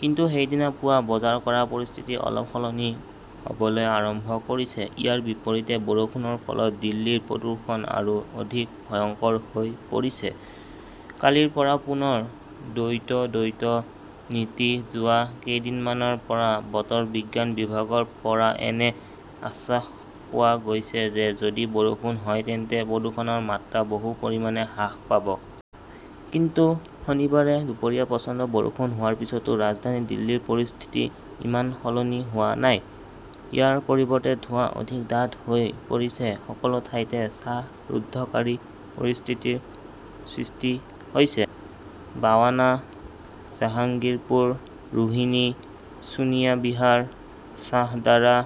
কিন্তু সেইদিনা পুৱা বজাৰ কৰা পৰিস্থিতি অলপ সলনি হ'বলৈ আৰম্ভ কৰিছে। ইয়াৰ বিপৰীতে বৰষুণৰ ফলত দিল্লীৰ প্ৰদূষণ আৰু অধিক ভয়ংকৰ হৈ পৰিছে, কালিৰ পৰা পুনৰ দ্বৈত-দ্বৈত নীতি যোৱা কেইদিনমানৰ পৰা বতৰ বিজ্ঞান বিভাগৰ পৰা এনে আশ্বাস পোৱা গৈছে যে যদি বৰষুণ হয় তেন্তে প্ৰদূষণৰ মাত্ৰা বহু পৰিমাণে হ্ৰাস পাব। কিন্তু শনিবাৰে দুপৰীয়া প্ৰচণ্ড বৰষুণ হোৱাৰ পিছতো ৰাজধানী দিল্লীৰ পৰিস্থিতি ইমান সলনি হোৱা নাই। ইয়াৰ পৰিৱৰ্তে ধোঁৱা অধিক ডাঠ হৈ পৰিছে। সকলো ঠাইতে শ্বাসৰুদ্ধকাৰী পৰিস্থিতিৰ সৃষ্টি হৈছে। বাৱানা, জাহাংগীৰপুৰ, ৰোহিনী, ছোনিয়া বিহাৰ, শ্বাহদাৰা,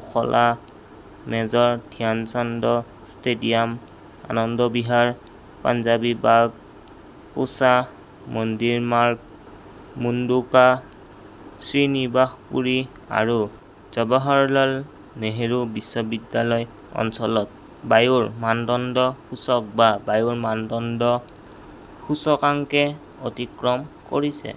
ওখলা, মেজৰ ধ্যানচান্দ ষ্টেডিয়াম, আনন্দ বিহাৰ, পাঞ্জাৱী বাগ, পুছা, মন্দিৰ মাৰ্গ, মুণ্ডকা, শ্ৰীনিবাসপুৰী আৰু জৱাহৰলাল নেহৰু বিশ্ববিদ্যালয় অঞ্চলত বায়ুৰ মানদণ্ড সূচক বা বায়ুৰ মানদণ্ড সূচকাংকে অতিক্ৰম কৰিছে।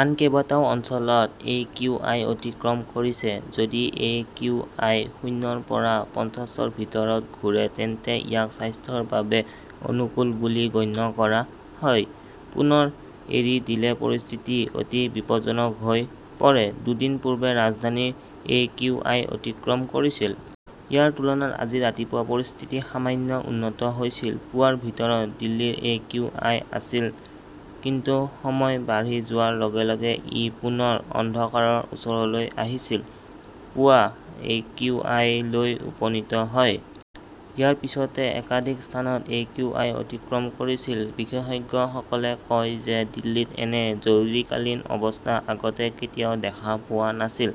আন কেইবাটাও অঞ্চলত একিউআই অতিক্ৰম কৰিছে। যদি এ কিউ আই শূণ্যৰ পৰা পঞ্চাশৰ ভিতৰত ঘূৰে তেন্তে ইয়াক স্বাস্থ্যৰ বাবে অনুকূল বুলি গণ্য কৰা হয়। পুনৰ এৰি দিলে পৰিস্থিতি অতি বিপদজনক হৈ পৰে। দুদিন পূৰ্বে ৰাজধানীৰ এ কিউ আই অতিক্ৰম কৰিছিল। ইয়াৰ তুলনাত আজি ৰাতিপুৱা পৰিস্থিতি সামান্য উন্নত হৈছিল। পুৱাৰ ভিতৰত দিল্লীৰ এ কিউ আই আছিল। কিন্তু সময় বাঢ়ি যোৱাৰ লগে লগে ই পুনৰ অন্ধকাৰৰ ওচৰলৈ আহিছিল। পুৱা এ কিউ আই লৈ উপনীত হয়। ইয়াৰ পিছতে একাধিক স্থানত একিউআই অতিক্ৰম কৰিছিল। বিশেষজ্ঞসকলে কয় যে দিল্লীত এনে 'জৰুৰীকালীন অৱস্থা "আগতে কেতিয়াও দেখা পোৱা নাছিল।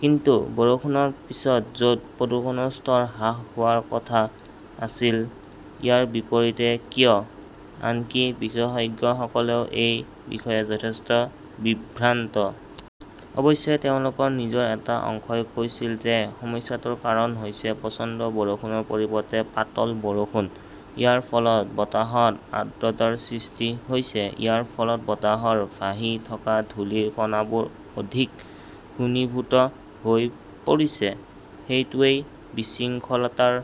কিন্তু বৰষুণৰ পিছত, য'ত প্ৰদূষণৰ স্তৰ হ্ৰাস হোৱাৰ কথা আছিল, ইয়াৰ বিপৰীতে কিয়? আনকি বিশেষজ্ঞসকলেও এই বিষয়ে যথেষ্ট বিভ্ৰান্ত। অৱশ্যে, তেওঁলোকৰ নিজৰ এটা অংশই কৈছিল যে সমস্যাটোৰ কাৰণ হৈছে প্ৰচণ্ড বৰষুণৰ পৰিৱৰ্তে পাতল বৰষুণ। ইয়াৰ ফলত বতাহত আৰ্দ্ৰতাৰ সৃষ্টি হৈছে। ইয়াৰ ফলত বতাহৰ ভাহি থকা ধূলিৰ কণাবোৰ অধিক ঘনীভূত হৈ পৰিছে। সেইটোৱেই বিশৃংখলতাৰ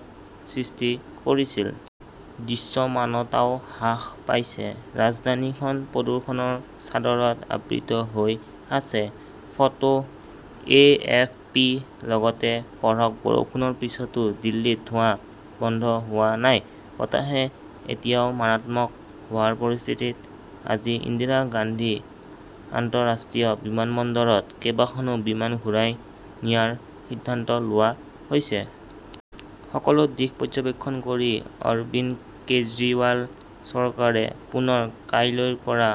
সৃষ্টি কৰিছিল। দৃশ্যমানতাও হ্ৰাস পাইছে। ৰাজধানীখন প্ৰদূষণৰ চাদৰত আবৃত হৈ আছে। Photo A. এফ. পি. লগতে পঢ়ক বৰষুণৰ পিছতো দিল্লীত ধোঁৱা বন্ধ হোৱা নাই, বতাহে এতিয়াও মাৰাত্মক হোৱাৰ পৰিস্থিতিত আজি ইন্দিৰা গান্ধী আন্তঃৰাষ্ট্ৰীয় বিমানবন্দৰত কেইবাখনো বিমান ঘূৰাই নিয়াৰ সিদ্ধান্ত লোৱা হৈছে। সকলো দিশ পৰ্যবেক্ষণ কৰি অৰবিন্দ কেজৰিৱাল চৰকাৰে পুনৰ কাইলৈৰ পৰা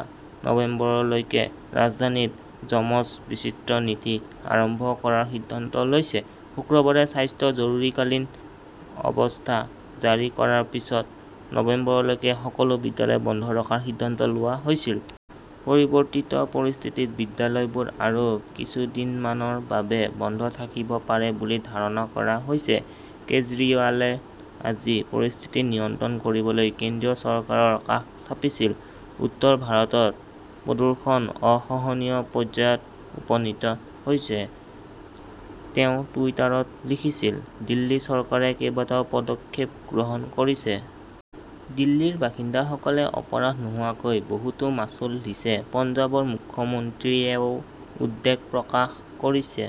নৱেম্বৰলৈকে ৰাজধানীত যমজ-বিচিত্ৰ নীতি আৰম্ভ কৰাৰ সিদ্ধান্ত লৈছে। শুকুৰবাৰে স্বাস্থ্য জৰুৰীকালীন অৱস্থা জাৰি কৰাৰ পিছত নৱেম্বৰলৈকে সকলো বিদ্যালয় বন্ধ ৰখাৰ সিদ্ধান্ত লোৱা হৈছিল। পৰিৱৰ্তিত পৰিস্থিতিত বিদ্যালয়বোৰ আৰু কেইদিনমানৰ বাবে বন্ধ থাকিব পাৰে বুলি ধাৰণা কৰা হৈছে। কেজৰিৱালে আজি পৰিস্থিতি নিয়ন্ত্ৰণ কৰিবলৈ কেন্দ্ৰীয় চৰকাৰৰ কাষ চাপিছিল। "উত্তৰ ভাৰতত প্ৰদূষণ অসহনীয় পৰ্যায়ত উপনীত হৈছে", তেওঁ টুইটাৰত লিখিছিল। দিল্লী চৰকাৰে কেইবাটাও পদক্ষেপ গ্ৰহণ কৰিছে। দিল্লীৰ বাসিন্দাসকলে অপৰাধ নোহোৱাকৈ বহুতো মাচুল দিছে। পঞ্জাৱৰ মুখ্যমন্ত্ৰীয়েও উদ্বেগ প্ৰকাশ কৰিছে।